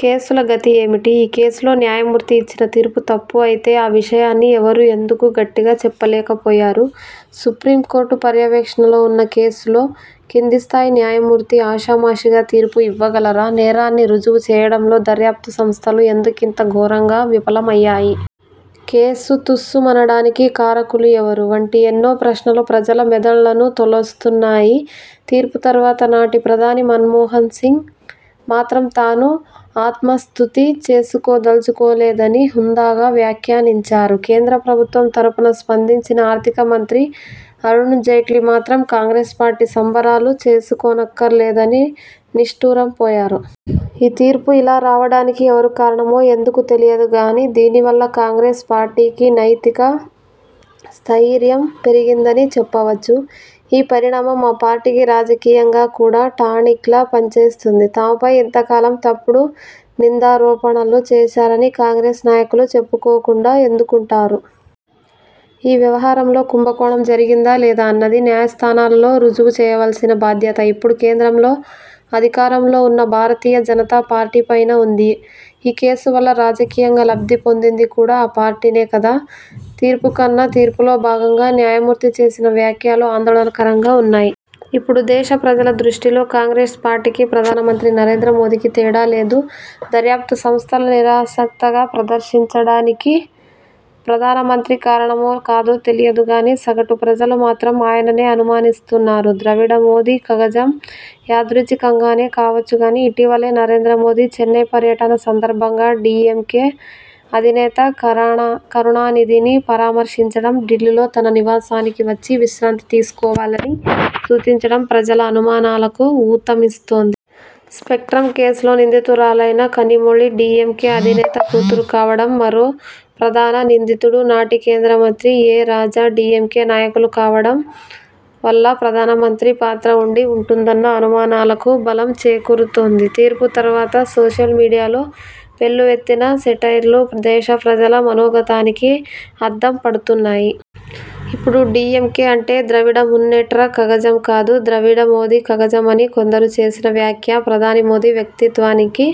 కేసుల గతి ఏమిటి? ఈ కేసులో న్యాయమూర్తి ఇచ్చిన తీర్పు తప్పు అయితే ఆ విషయాన్ని ఎవరూ ఎందుకు గట్టిగా చెప్పలేకపోయారు? సుప్రీంకోర్టు పర్యవేక్షణలో ఉన్న కేసులో కిందిస్థాయి న్యాయమూర్తి ఆషామాషీగా తీర్పు ఇవ్వగలరా? నేరాన్ని రుజువు చేయడంలో దర్యాప్తు సంస్థలు ఎందుకింత ఘోరంగా విఫలం అయ్యాయి? కేసు తుస్సుమనడానికి కారకులు ఎవరు? వంటి ఎన్నో ప్రశ్నలు ప్రజల మెదళ్లను తొలుస్తున్నాయి. తీర్పు తర్వాత నాటి ప్రధాని మన్మోహన్సింగ్ మాత్రం తాను ఆత్మస్తుతి చేసుకోదలుచుకోలేదని హుందాగా వ్యాఖ్యానించారు. కేంద్ర ప్రభుత్వం తరఫున స్పందించిన ఆర్థిక మంత్రి అరుణ్ జైట్లీ మాత్రం కాంగ్రెస్ పార్టీ సంబరాలు చేసుకోనక్కర్లేదని నిష్టూరం పోయారు. ఈ తీర్పు ఇలా రావడానికి ఎవరు కారణమో, ఎందుకో తెలియదు గానీ, దీనివల్ల కాంగ్రెస్ పార్టీకి నైతిక స్థయిర్యం పెరిగిందని చెప్పవచ్చు. ఈ పరిణామం ఆ పార్టీకి రాజకీయంగా కూడా టానిక్లా పనిచేస్తుంది. తమపై ఇంతకాలం తప్పుడు నిందారోపణలు చేశారని కాంగ్రెస్ నాయకులు చెప్పుకోకుండా ఎందుకుంటారు. ఈ వ్యవహారంలో కుంభకోణం జరిగిందా? లేదా? అన్నది న్యాయస్థానాలలో రుజువు చేయవలసిన బాధ్యత ఇప్పుడు కేంద్రంలో అధికారంలో ఉన్న భారతీయ జనతా పార్టీపైనే ఉంది. ఈ కేసు వల్ల రాజకీయంగా లబ్ధి పొందింది కూడా ఆ పార్టీనే కదా! తీర్పుకన్నా తీర్పులో భాగంగా న్యాయమూర్తి చేసిన వ్యాఖ్యలు ఆందోళనకరంగా ఉన్నాయి. ఇప్పుడు దేశ ప్రజల దృష్టిలో కాంగ్రెస్ పార్టీకి, ప్రధానమంత్రి నరేంద్ర మోదీకి తేడా లేదు! దర్యాప్తు సంస్థలు నిరాసక్తత ప్రదర్శించడానికి ప్రధానమంత్రి కారణమో కాదో తెలియదు గానీ, సగటు ప్రజలు మాత్రం ఆయననే అనుమానిస్తున్నారు. ద్రవిడ మోదీ కజగం! యాథృచ్ఛికంగానే కావచ్చుగానీ ఇటీవలే నరేంద్ర మోదీ చెన్నై పర్యటన సందర్భంగా డీఎంకే అధినేత కరుణానిధిని పరామర్శించడం, ఢిల్లీలో తన నివాసానికి వచ్చి విశ్రాంతి తీసుకోవాలని సూచించడం ప్రజల అనుమానాలకు ఊతమిస్తోంది. స్పెక్ట్రమ్ కేసులో నిందితురాలైన కనిమొళి డీఎంకే అధినేత కూతురు కావడం, మరో ప్రధాన నిందితుడు, నాటి కేంద్ర మంత్రి ఎ. రాజా డీఎంకే నాయకుడు కావడం వల్ల ప్రధానమంత్రి పాత్ర ఉండి ఉంటుందన్న అనుమానాలకు బలం చేకూరుతోంది. తీర్పు తర్వాత సోషల్ మీడియాలో వెల్లువెత్తిన సెటైర్లు దేశ ప్రజల మనోగతానికి అద్దం పడుతున్నాయి. ఇప్పుడు డీఎంకే అంటే ద్రవిడ మున్నేట్ర కజగం కాదు, ద్రవిడ మోదీ కజగం అని కొందరు చేసిన వ్యాఖ్య ప్రధాని మోదీ వ్యక్తిత్వానికి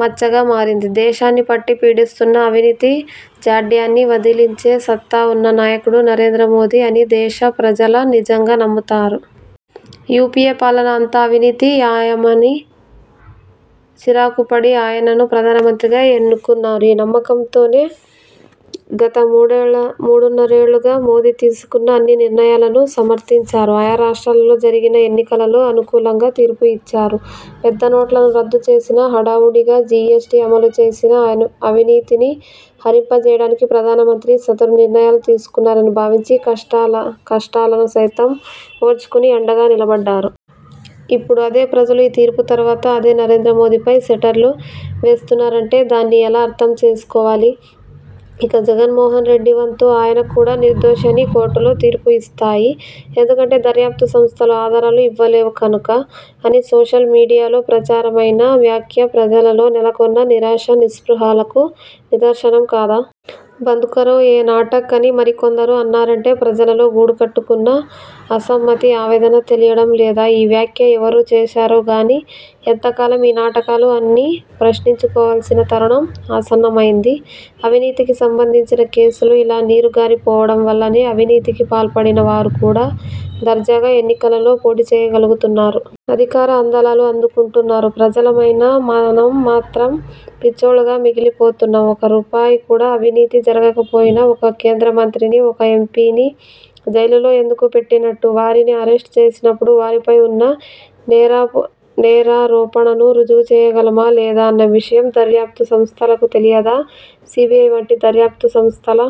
మచ్చగా మారింది. దేశాన్ని పట్టి పీడిస్తున్న అవినీతి జాడ్యాన్ని వదిలించే సత్తా ఉన్న నాయకుడు నరేంద్ర మోదీ అని దేశ ప్రజలు నిజంగా నమ్మారు. యూపీఏ పాలన అంతా అవినీతి మాయమని చిరాకుపడి, ఆయనను ప్రధానమంత్రిగా ఎన్నుకున్నారు. ఈ నమ్మకంతోనే గత మూడున్నరేళ్లుగా మోదీ తీసుకున్న అన్ని నిర్ణయాలనూ సమర్థించారు. ఆయా రాష్ర్టాలలో జరిగిన ఎన్నికలలో అనుకూలంగా తీర్పు ఇచ్చారు. పెద్దనోట్లను రద్దు చేసినా, హడావుడిగా జీఎస్టీ అమలుచేసినా అవినీతిని హరింపజేయడానికే ప్రధానమంత్రి సదరు నిర్ణయాలు తీసుకున్నారని భావించి కష్టాలను సైతం ఓర్చుకుని అండగా నిలబడ్డారు. ఇప్పుడు అదే ప్రజలు ఈ తీర్పు తర్వాత అదే నరేంద్ర మోదీపై సెటైర్లు వేస్తున్నారంటే దాన్ని ఎలా అర్థం చేసుకోవాలి? 'ఇక జగన్మోహన్ రెడ్డి వంతు ఆయన కూడా నిర్దోషి అని కోర్టులు తీర్పు ఇస్తాయి. ఎందుకంటే దర్యాప్తు సంస్థలు ఆధారాలు ఇవ్వలేవు కనుక' అని సోషల్ మీడియాలో ప్రచారమైన వ్యాఖ్య ప్రజలలో నెలకొన్న నిరాశా నిస్పృహలకు నిదర్శనం కాదా! 'బంద్ కరో ఏ నాటక్' అని మరికొందరు అన్నారంటే ప్రజలలో గూడుకట్టుకున్న అసమ్మతి, ఆవేదన తెలియడం లేదా? ఈ వ్యాఖ్య ఎవరు చేశారో గానీ ఎంతకాలం ఈ నాటకాలు అని ప్రశ్నించుకోవలసిన తరుణం ఆసన్నమైంది. అవినీతికి సంబంధించిన కేసులు ఇలా నీరు గారిపోవడం వల్లనే అవినీతికి పాల్పడిన వారు కూడా దర్జాగా ఎన్నికలలో పోటీ చేయగలుగుతున్నారు. అధికార అందలాలు అందుకుంటున్నారు. ప్రజలమైన మనం మాత్రం పిచ్చోళ్లుగా మిగిలి పోతున్నాం. ఒక్క రూపాయి కూడా అవినీతి జరగకపోయినా ఒక కేంద్ర మంత్రిని, ఒక ఎంపీని జైలులో ఎందుకు పెట్టినట్టు? వారిని అరెస్ట్ చేసినప్పుడు వారిపై ఉన్న నేరారోపణను రుజువు చేయగలమా? లేదా? అన్న విషయం దర్యాప్తు సంస్థలకు తెలియదా? సీబీఐ వంటి దర్యాప్తు సంస్థల